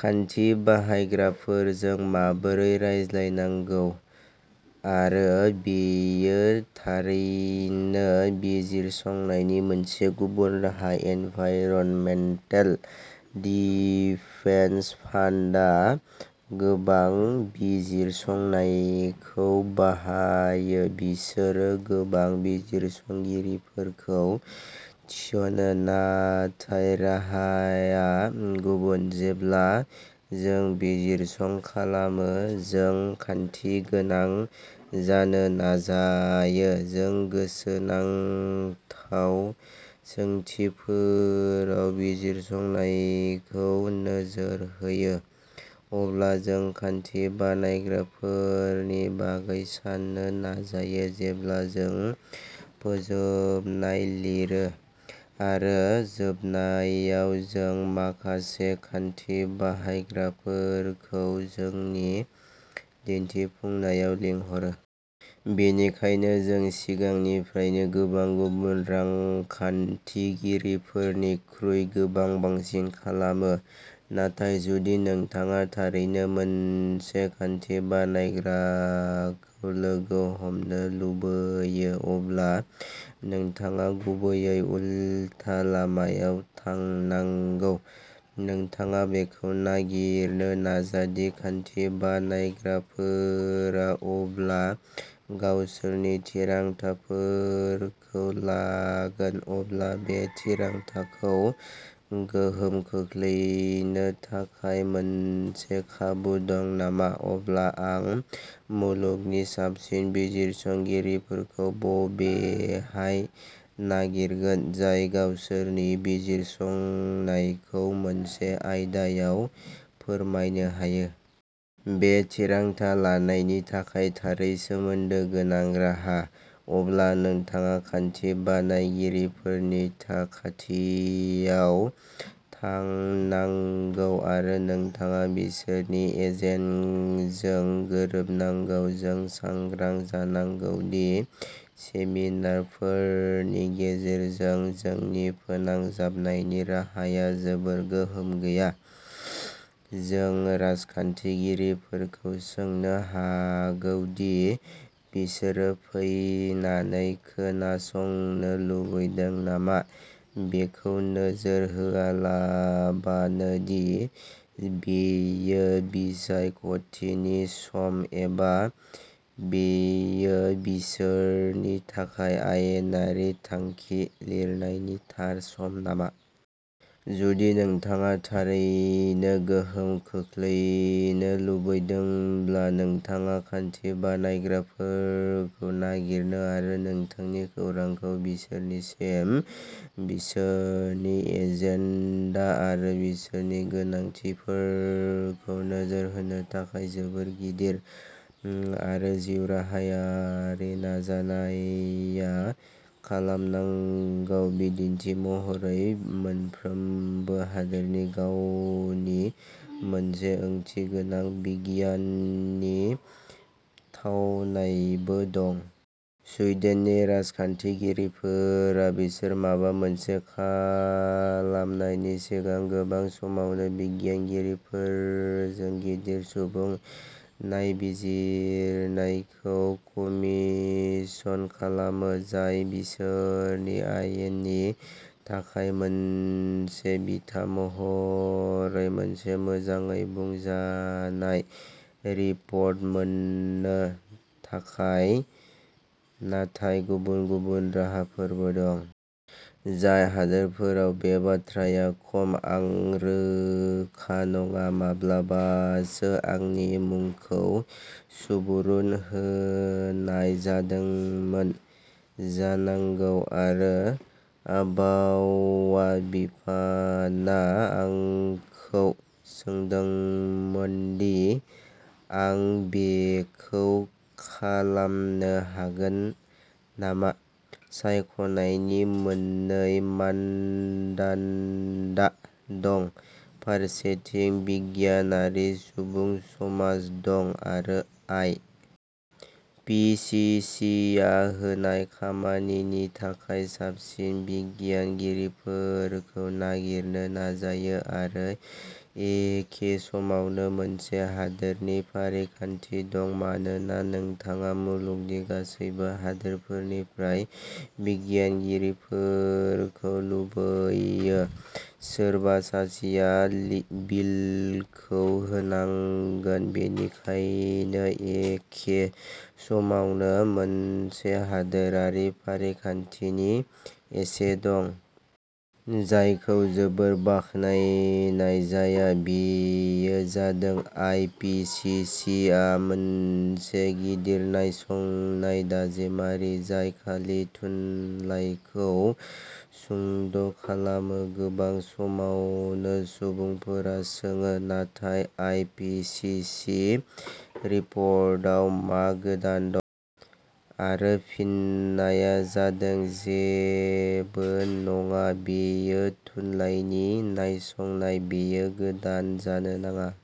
खान्थि बानायग्राफोरजों माबोरै रायज्लायनांगौ आरो बेयो थारैनो बिजिरसंनायनि मोनसे गुबुन राहा। एनभाइरनमेन्टेल डिफेन्स फान्डआ गोबां बिजिरसंनायखौ बाहायो, बिसोरो गोबां बिजिरसंगिरिफोरखौ थिसनो, नाथाय राहाआ गुबुन। जेब्ला जों बिजिरसं खालामो जों खान्थि गोनां जानो नाजायो, जों गोसोनांथाव सोंथिफोराव बिजिरसंनायखौ नोजोर होयो, अब्ला जों खान्थि बानायग्राफोरनि बागै साननो नाजायो जेब्ला जों फोजोबनाय लिरो आरो जोबनायाव जों माखासे खान्थि बानायग्राफोरखौ जोंनि दिन्थिफुंनायाव लिंहरो। बेनिखायनो जों सिगांनिफ्रायनो गोबां गुबुन रांखान्थिगिरिफोरनिख्रुइ गोबां बांसिन खालामो। नाथाय जुदि नोंथाङा थारैनो मोनसे खान्थि बानायग्राखौ लोगो हमनो लुबैयो, अब्ला नोंथाङा आबुङै उलथा लामायाव थांनांगौः नोंथाङा बेखौ नागिरनो नाजा दि खान्थि बानायग्राफोरा माब्ला गावसोरनि थिरांथाफोरखौ लागोन अब्ला बे थिरांथाखौ गोहोम खोख्लैनो थाखाय मोनसे खाबु दं नामा; अब्ला आं मुलुगनि साबसिन बिजिरसंगिरिफोरखौ बबेहाय नागिरगोन जाय गावसोरनि बिजिरसंनायखौ मोनसे आयदायाव फोरमायनो हायो। बे थिरांथा लानायनि थाखाय थारै सोमोन्दो गोनां राहा। अब्ला नोंथाङा खान्थि बानायगिरिफोरनि खाथियाव थांनांगौ, आरो नोंथाङा बिसोरनि एजेन्डाजों गोरोबनांगौ। जों सांग्रां जानांगौ दि सेमिनारफोरनि गेजेरजों जोंनि फोनांजाबनायनि राहाया जोबोद गोहोम गैयै। जों राजखान्थिगिरिफोरखौ सोंनो हागौ दि बिसोर फैनानै खोनासंनो लुबैदों नामा, बेखौ नोजोर होआलाबानो दि बेयो बिसायख'थिनि सम, एबा बेयो बिसोरनि थाखाय आयेनारि थांखि लिरनायनि थार सम नामा। जुदि नोंथाङा थारैनो गोहोम खोख्लैनो लुबैदोंब्ला नोंथाङा खान्थि बानायग्राफोरखौ नागिरनो आरो नोंथांनि खौरांखौ बिसोरसिम, बिसोरनि एजेन्डा आरो बिसोरनि गोनांथिफोरखौ नोजोर होनो थाखाय जोबोद गिदिर आरो जिउराहायारि नाजानाय खालामनांगौ। बिदिन्थि महरै, मोनफ्रोमबो हादोरनि गावनि मोनसे ओंथिगोनां बिगियाननि थावनायबो दं। सुइडेननि राजखान्थिगिरिफोरा, बिसोर माबा मोनसे खालामनायनि सिगां, गोबां समावनो बिगियानगिरिफोरजों गिदिर सुबुं नायबिजिरनायखौ कमिसन खालामो, जाय बिसोरनि आयेननि थाखाय मोनसे बिथा महरै मोनसे मोजाङै बुंजानाय रिपर्ट मोननो थाखाय। नाथाय गुबुन गुबुन राहाफोरबो दं। जाय हादोरफोराव बे बाथ्राया खम। आं रोखा नङा। माब्लाबासो आंनि मुंखौ सुबुरुन होनाय जादोंमोन जानांगौ आरो आबहावा बिफाना आंखौ सोंदोंमोन दि आं बेखौ खालामनो हागोन नामा। सायख'नायनि मोननै मानदान्दा दंः फारसेथिं बिगियानारि सुबुं समाज दं, आरो आइ. पि. सि. सि. आ होनाय खामानिनि थाखाय साबसिन बिगियानगिरिफोरखौ नागिरनो नाजायो, आरो एखे समावनो मोनसे हादोरनि फारिखान्थि दं मानोना नोंथाङा मुलुगनि गासैबो हादोरफोरनिफ्राय बिगियानगिरिफोरखौ लुबैयो। सोरबा सासेया लिग बिलखौ होनांगोन, बेनिखायनो एखे समावनो मोनसे हादोरारि फारिखान्थिनि एसे दं। जायखौ जोबोद बाखनायनाय जाया बेयो जादों आइ. पि. सि. सि. आ मोनसे गिदिर नायसंनाय दाजेमारि जाय खालि थुनलाइखौ सुंद' खालामो। गोबां समावनो सुबुंफोरा सोङो थांनाय आइ. पि. सि. सि. रिपर्टाव मा गोदान दं? आरो फिननाया जादों जेबो नङा, बेयो थुनलाइनि नायसंनाय, बेयो गोदान जानो नाङा।